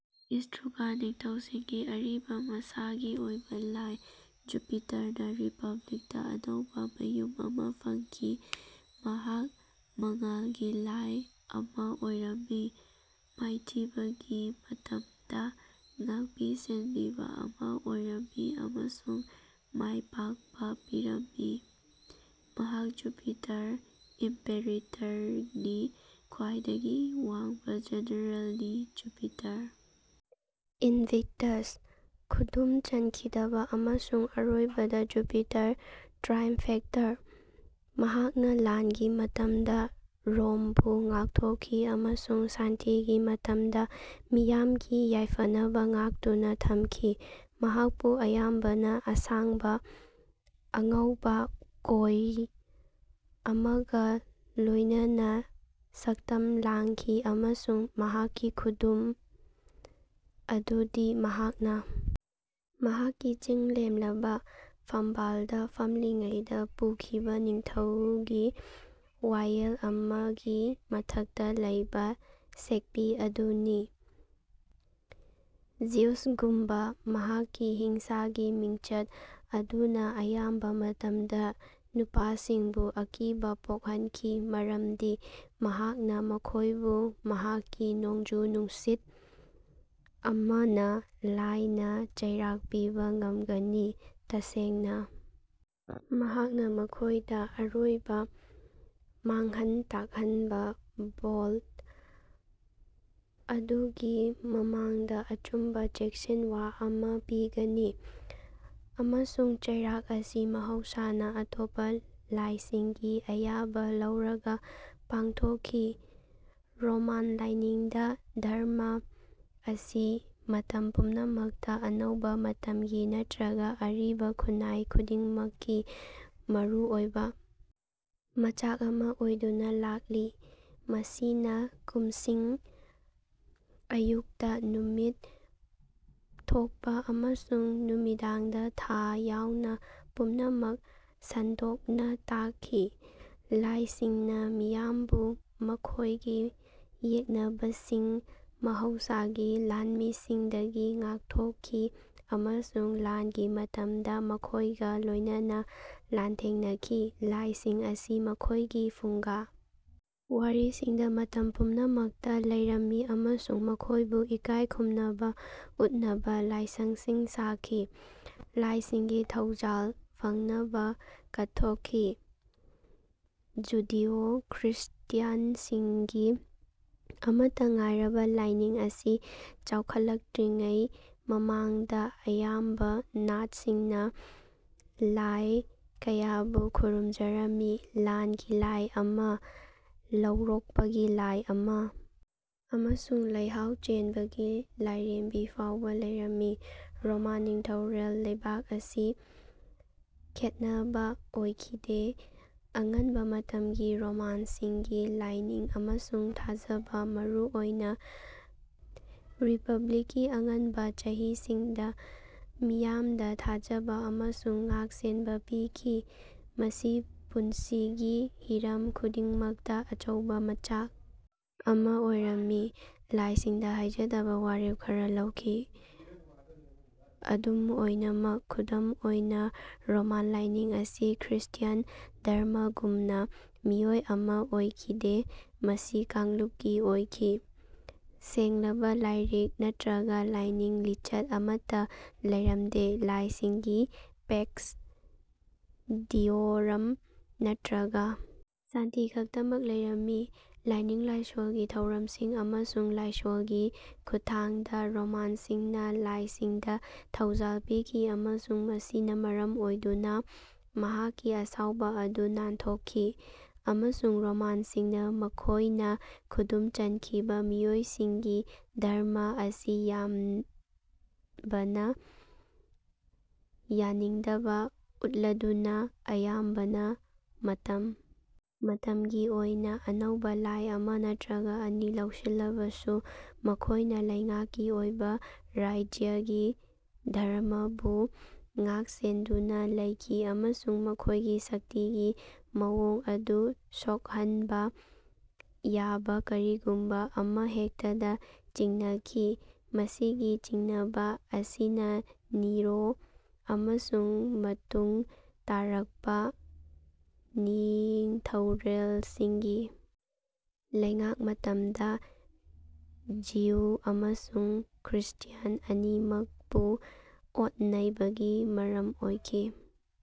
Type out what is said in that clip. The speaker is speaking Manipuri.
ꯏꯁꯇ꯭ꯔꯨꯀꯥꯟ ꯅꯤꯡꯊꯧꯁꯤꯡꯒꯤ ꯑꯔꯤꯕ, ꯃꯁꯥꯒꯤ ꯑꯣꯏꯕ ꯂꯥꯏ ꯖꯨꯄꯤꯇꯔꯅ ꯔꯤꯄꯕ꯭ꯂꯤꯛꯇ ꯑꯅꯧꯕ ꯃꯌꯨꯝ ꯑꯃ ꯐꯪꯈꯤ꯫ ꯃꯍꯥꯛ ꯃꯉꯥꯜꯒꯤ ꯂꯥꯏ ꯑꯃ ꯑꯣꯏꯔꯝꯃꯤ, ꯃꯥꯏꯊꯤꯕꯒꯤ ꯃꯇꯝꯗ ꯉꯥꯛꯄꯤ ꯁꯦꯟꯕꯤꯕ ꯑꯃ ꯑꯣꯏꯔꯝꯃꯤ ꯑꯃꯁꯨꯡ ꯃꯥꯏꯄꯥꯛꯄ ꯄꯤꯔꯝꯃꯤ꯫ ꯃꯍꯥꯛ ꯖꯨꯄꯤꯇꯔ ꯏꯝꯄꯦꯔꯦꯇꯔꯅꯤ, ꯈ꯭ꯋꯥꯏꯗꯒꯤ ꯋꯥꯡꯕ ꯖꯦꯅꯔꯦꯜꯅꯤ; ꯖꯨꯄꯤꯇꯔ ꯏꯟꯚꯤꯛꯇꯁ, ꯈꯨꯗꯨꯝ ꯆꯟꯈꯤꯗꯕ ꯑꯃꯁꯨꯡ ꯑꯔꯣꯏꯕꯗ, ꯖꯨꯄꯤꯇꯔ ꯇ꯭ꯔꯥꯏꯝꯐꯦꯇꯔ꯫ ꯃꯍꯥꯛꯅ ꯂꯥꯟꯒꯤ ꯃꯇꯝꯗ ꯔꯣꯝꯕꯨ ꯉꯥꯛꯊꯣꯛꯈꯤ ꯑꯃꯁꯨꯡ ꯁꯥꯟꯇꯤꯒꯤ ꯃꯇꯝꯗ ꯃꯤꯌꯥꯝꯒꯤ ꯌꯥꯏꯐꯅꯕ ꯉꯥꯛꯇꯨꯅ ꯊꯝꯈꯤ꯫ ꯃꯍꯥꯛꯄꯨ ꯑꯌꯥꯝꯕꯅ ꯑꯁꯥꯡꯕ, ꯑꯉꯧꯕ ꯀꯣꯏ ꯑꯃꯒ ꯂꯣꯏꯅꯅ ꯁꯛꯇꯝ ꯂꯥꯡꯈꯤ, ꯑꯃꯁꯨꯡ ꯃꯍꯥꯛꯀꯤ ꯈꯨꯗꯝ ꯑꯗꯨꯗꯤ ꯃꯍꯥꯛꯅ ꯃꯍꯥꯛꯀꯤ ꯆꯤꯡꯂꯦꯝꯂꯕ ꯐꯝꯕꯥꯜꯗ ꯐꯝꯂꯤꯉꯩꯗ ꯄꯨꯈꯤꯕ ꯅꯤꯡꯊꯧꯒꯤ ꯋꯥꯌꯦꯜ ꯑꯃꯒꯤ ꯃꯊꯛꯇ ꯂꯩꯕ ꯁꯦꯛꯄꯤ ꯑꯗꯨꯅꯤ꯫ ꯖ꯭ꯌꯨꯁꯒꯨꯝꯅ, ꯃꯍꯥꯛꯀꯤ ꯍꯤꯡꯁꯥꯒꯤ ꯃꯤꯡꯆꯠ ꯑꯗꯨꯅ ꯑꯌꯥꯝꯕ ꯃꯇꯝꯗ ꯅꯨꯄꯥꯁꯤꯡꯕꯨ ꯑꯀꯤꯕ ꯄꯣꯛꯍꯟꯈꯤ ꯃꯔꯝꯗꯤ ꯃꯍꯥꯛꯅ ꯃꯈꯣꯏꯕꯨ ꯃꯍꯥꯛꯀꯤ ꯅꯣꯡꯖꯨ-ꯅꯨꯡꯁꯤꯠ ꯑꯃꯅ ꯂꯥꯏꯅ ꯆꯩꯔꯥꯛ ꯄꯤꯕ ꯉꯝꯒꯅꯤ꯫ ꯇꯁꯦꯡꯅ, ꯃꯍꯥꯛꯅ ꯃꯈꯣꯏꯗ ꯑꯔꯣꯏꯕ, ꯃꯥꯡꯍꯟ-ꯇꯥꯛꯍꯟꯕ ꯕꯣꯜꯠ ꯑꯗꯨꯒꯤ ꯃꯃꯥꯡꯗ ꯑꯆꯨꯝꯕ ꯆꯦꯛꯁꯤꯟꯋꯥ ꯑꯃ ꯄꯤꯒꯅꯤ, ꯑꯃꯁꯨꯡ ꯆꯩꯔꯥꯛ ꯑꯁꯤ ꯃꯍꯧꯁꯥꯅ ꯑꯇꯣꯞꯄ ꯂꯥꯏꯁꯤꯡꯒꯤ ꯑꯌꯥꯕ ꯂꯧꯔꯒ ꯄꯥꯡꯊꯣꯛꯈꯤ꯫ ꯔꯣꯃꯥꯟ ꯂꯥꯏꯅꯤꯡꯗ ꯙꯔꯃꯥ ꯑꯁꯤ ꯃꯇꯝ ꯄꯨꯝꯅꯃꯛꯇ ꯑꯅꯧꯕ ꯃꯇꯝꯒꯤ ꯅꯠꯇ꯭ꯔꯒ ꯑꯔꯤꯕ ꯈꯨꯟꯅꯥꯏ ꯈꯨꯗꯤꯡꯃꯛꯀꯤ ꯃꯔꯨꯑꯣꯏꯕ ꯃꯆꯥꯛ ꯑꯃ ꯑꯣꯏꯗꯨꯅ ꯂꯥꯛꯂꯤ꯫ ꯃꯁꯤꯅ ꯀꯨꯝꯁꯤꯡ, ꯑꯌꯨꯛꯇ ꯅꯨꯃꯤꯠ ꯊꯣꯛꯄ ꯑꯃꯁꯨꯡ ꯅꯨꯃꯤꯗꯥꯡꯗ ꯊꯥ ꯌꯥꯎꯅ ꯄꯨꯝꯅꯃꯛ ꯁꯟꯗꯣꯛꯅ ꯇꯥꯛꯈꯤ꯫ ꯂꯥꯏꯁꯤꯡꯅ ꯃꯤꯌꯥꯝꯕꯨ ꯃꯈꯣꯏꯒꯤ ꯌꯦꯛꯅꯕꯁꯤꯡ, ꯃꯍꯧꯁꯥꯒꯤ ꯂꯥꯟꯃꯤꯁꯤꯡꯗꯒꯤ ꯉꯥꯛꯊꯣꯛꯈꯤ ꯑꯃꯁꯨꯡ ꯂꯥꯟꯒꯤ ꯃꯇꯝꯗ ꯃꯈꯣꯏꯒ ꯂꯣꯏꯅꯅ ꯂꯥꯟꯊꯦꯡꯅꯈꯤ꯫ ꯂꯥꯏꯁꯤꯡ ꯑꯁꯤ ꯃꯈꯣꯏꯒꯤ ꯐꯨꯡꯒꯥ ꯋꯥꯔꯤꯁꯤꯡꯗ ꯃꯇꯝ ꯄꯨꯝꯅꯃꯛꯇ ꯂꯩꯔꯝꯃꯤ ꯑꯃꯁꯨꯡ ꯃꯈꯣꯏꯕꯨ ꯏꯀꯥꯏ ꯈꯨꯝꯅꯕ ꯎꯠꯅꯕ ꯂꯥꯏꯁꯪꯁꯤꯡ ꯁꯥꯈꯤ꯫ ꯂꯥꯏꯁꯤꯡꯒꯤ ꯊꯧꯖꯥꯜ ꯐꯪꯅꯕ ꯀꯠꯊꯣꯛꯈꯤ꯫ ꯖꯨꯗꯤꯑꯣ-ꯈ꯭ꯔꯤꯁꯇ꯭ꯌꯥꯟꯁꯤꯡꯒꯤ ꯑꯃꯠꯇ ꯉꯥꯏꯔꯕ ꯂꯥꯏꯅꯤꯡ ꯑꯁꯤ ꯆꯥꯎꯈꯠꯂꯛꯇ꯭ꯔꯤꯉꯩ ꯃꯃꯥꯡꯗ ꯑꯌꯥꯝꯕ ꯅꯥꯠꯁꯤꯡꯅ ꯂꯥꯏ ꯀꯌꯥꯕꯨ ꯈꯨꯔꯨꯝꯖꯔꯝꯃꯤ꯫ ꯂꯥꯟꯒꯤ ꯂꯥꯏ ꯑꯃ, ꯂꯧꯔꯣꯛꯄꯒꯤ ꯂꯥꯏ ꯑꯃ ꯑꯃꯁꯨꯡ ꯂꯩꯍꯥꯎ ꯆꯦꯟꯕꯒꯤ ꯂꯥꯏꯔꯦꯝꯕꯤ ꯐꯥꯎꯕ ꯂꯩꯔꯝꯃꯤ꯫ ꯔꯣꯃꯥꯟ ꯅꯤꯡꯊꯧꯔꯦꯜ ꯂꯩꯕꯥꯛ ꯑꯁꯤ ꯈꯦꯠꯅꯕ ꯑꯣꯏꯈꯤꯗꯦ꯫ ꯑꯉꯟꯕ ꯃꯇꯝꯒꯤ ꯔꯣꯃꯥꯟꯁꯤꯡꯒꯤ ꯂꯥꯏꯅꯤꯡ ꯑꯃꯁꯨꯡ ꯊꯥꯖꯕꯗ, ꯃꯔꯨꯑꯣꯏꯅ ꯔꯤꯄꯕ꯭ꯂꯤꯛꯀꯤ ꯑꯉꯟꯕ ꯆꯍꯤꯁꯤꯡꯗ, ꯃꯤꯌꯥꯝꯗ ꯊꯥꯖꯕ ꯑꯃꯁꯨꯡ ꯉꯥꯛ-ꯁꯦꯟꯕ ꯄꯤꯈꯤ꯫ ꯃꯁꯤ ꯄꯨꯟꯁꯤꯒꯤ ꯍꯤꯔꯝ ꯈꯨꯗꯤꯡꯃꯛꯇ ꯑꯆꯧꯕ ꯃꯆꯥꯛ ꯑꯃ ꯑꯣꯏꯔꯝꯃꯤ; ꯂꯥꯏꯁꯤꯡꯗ ꯍꯥꯏꯖꯗꯅ ꯋꯥꯔꯦꯞ ꯈꯔ ꯂꯧꯈꯤ꯫ ꯑꯗꯨꯝ ꯑꯣꯏꯅꯃꯛ, ꯈꯨꯗꯝ ꯑꯣꯏꯅ, ꯔꯣꯃꯥꯟ ꯂꯥꯏꯅꯤꯡ ꯑꯁꯤ ꯈ꯭ꯔꯤꯁꯇ꯭ꯌꯥꯟ ꯙꯔꯃꯥꯒꯨꯝꯅ ꯃꯤꯑꯣꯏ ꯑꯃ ꯑꯣꯏꯈꯤꯗꯦ; ꯃꯁꯤ ꯀꯥꯡꯂꯨꯞꯀꯤ ꯑꯣꯏꯈꯤ꯫ ꯁꯦꯡꯂꯕ ꯂꯥꯏꯔꯤꯛ ꯅꯠꯇ꯭ꯔꯒ ꯂꯥꯏꯅꯤꯡ ꯂꯤꯆꯠ ꯑꯃꯠꯇ ꯂꯩꯔꯝꯗꯦ; ꯂꯥꯏꯁꯤꯡꯒꯤ ꯄꯦꯛꯁ ꯗꯤꯑꯣꯔꯝ ꯅꯠꯇ꯭ꯔꯒ ꯁꯥꯟꯇꯤ ꯈꯛꯇꯃꯛ ꯂꯩꯔꯝꯃꯤ꯫ ꯂꯥꯏꯅꯤꯡ-ꯂꯥꯏꯁꯣꯜꯒꯤ ꯊꯧꯔꯝꯁꯤꯡ ꯑꯃꯁꯨꯡ ꯂꯥꯏꯁꯣꯜꯒꯤ ꯈꯨꯠꯊꯥꯡꯗ, ꯔꯣꯃꯥꯟꯁꯤꯡꯅ ꯂꯥꯏꯁꯤꯡꯗ ꯊꯧꯖꯥꯜ ꯄꯤꯈꯤ ꯑꯃꯁꯨꯡ ꯃꯁꯤꯅ ꯃꯔꯝ ꯑꯣꯏꯗꯨꯅ ꯃꯍꯥꯛꯀꯤ ꯑꯁꯥꯎꯕ ꯑꯗꯨ ꯅꯥꯟꯊꯣꯛꯈꯤ꯫ ꯑꯃꯁꯨꯡ, ꯔꯣꯃꯥꯟꯁꯤꯡꯅ ꯃꯈꯣꯏꯅ ꯈꯨꯗꯨꯝ ꯆꯟꯈꯤꯕ ꯃꯤꯑꯣꯏꯁꯤꯡꯒꯤ ꯙꯔꯃꯥ ꯑꯁꯤ ꯑꯌꯥꯝꯕꯅ ꯌꯥꯅꯤꯡꯗꯕ ꯎꯠꯂꯕꯁꯨ ꯑꯌꯥꯝꯕꯅ ꯃꯇꯝ ꯃꯇꯝꯒꯤ ꯑꯣꯏꯅ ꯑꯅꯧꯕ ꯂꯥꯏ ꯑꯃ ꯅꯠꯇ꯭ꯔꯒ ꯑꯅꯤ ꯂꯧꯁꯤꯜꯂꯕꯁꯨ, ꯃꯈꯣꯏꯅ ꯂꯩꯉꯥꯛꯀꯤ ꯑꯣꯏꯕ ꯔꯥꯖ꯭ꯌꯒꯤ ꯙꯔꯃꯥꯕꯨ ꯉꯥꯛꯁꯦꯟꯗꯨꯅ ꯂꯩꯈꯤ ꯑꯃꯁꯨꯡ ꯃꯈꯣꯏꯒꯤ ꯁꯛꯇꯤꯒꯤ ꯃꯑꯣꯡ ꯑꯗꯨ ꯁꯣꯛꯍꯟꯕ ꯌꯥꯕ ꯀꯔꯤꯒꯨꯝꯕ ꯑꯃꯍꯦꯛꯇꯗ ꯆꯤꯡꯅꯈꯤ꯫ ꯃꯁꯤꯒꯤ ꯆꯤꯡꯅꯕ ꯑꯁꯤꯅ ꯅꯤꯔꯣ ꯑꯃꯁꯨꯡ ꯃꯇꯨꯡ ꯇꯥꯔꯛꯄ ꯅꯤꯡꯊꯧꯔꯦꯜꯁꯤꯡꯒꯤ ꯂꯩꯉꯥꯛ ꯃꯇꯝꯗ ꯖꯤꯌꯨ ꯑꯃꯁꯨꯡ ꯈ꯭ꯔꯤꯁꯇ꯭ꯌꯥꯟ ꯑꯅꯤꯃꯛꯄꯨ ꯑꯣꯠ-ꯅꯩꯕꯒꯤ ꯃꯔꯝ ꯑꯣꯏꯈꯤ꯫ ꯫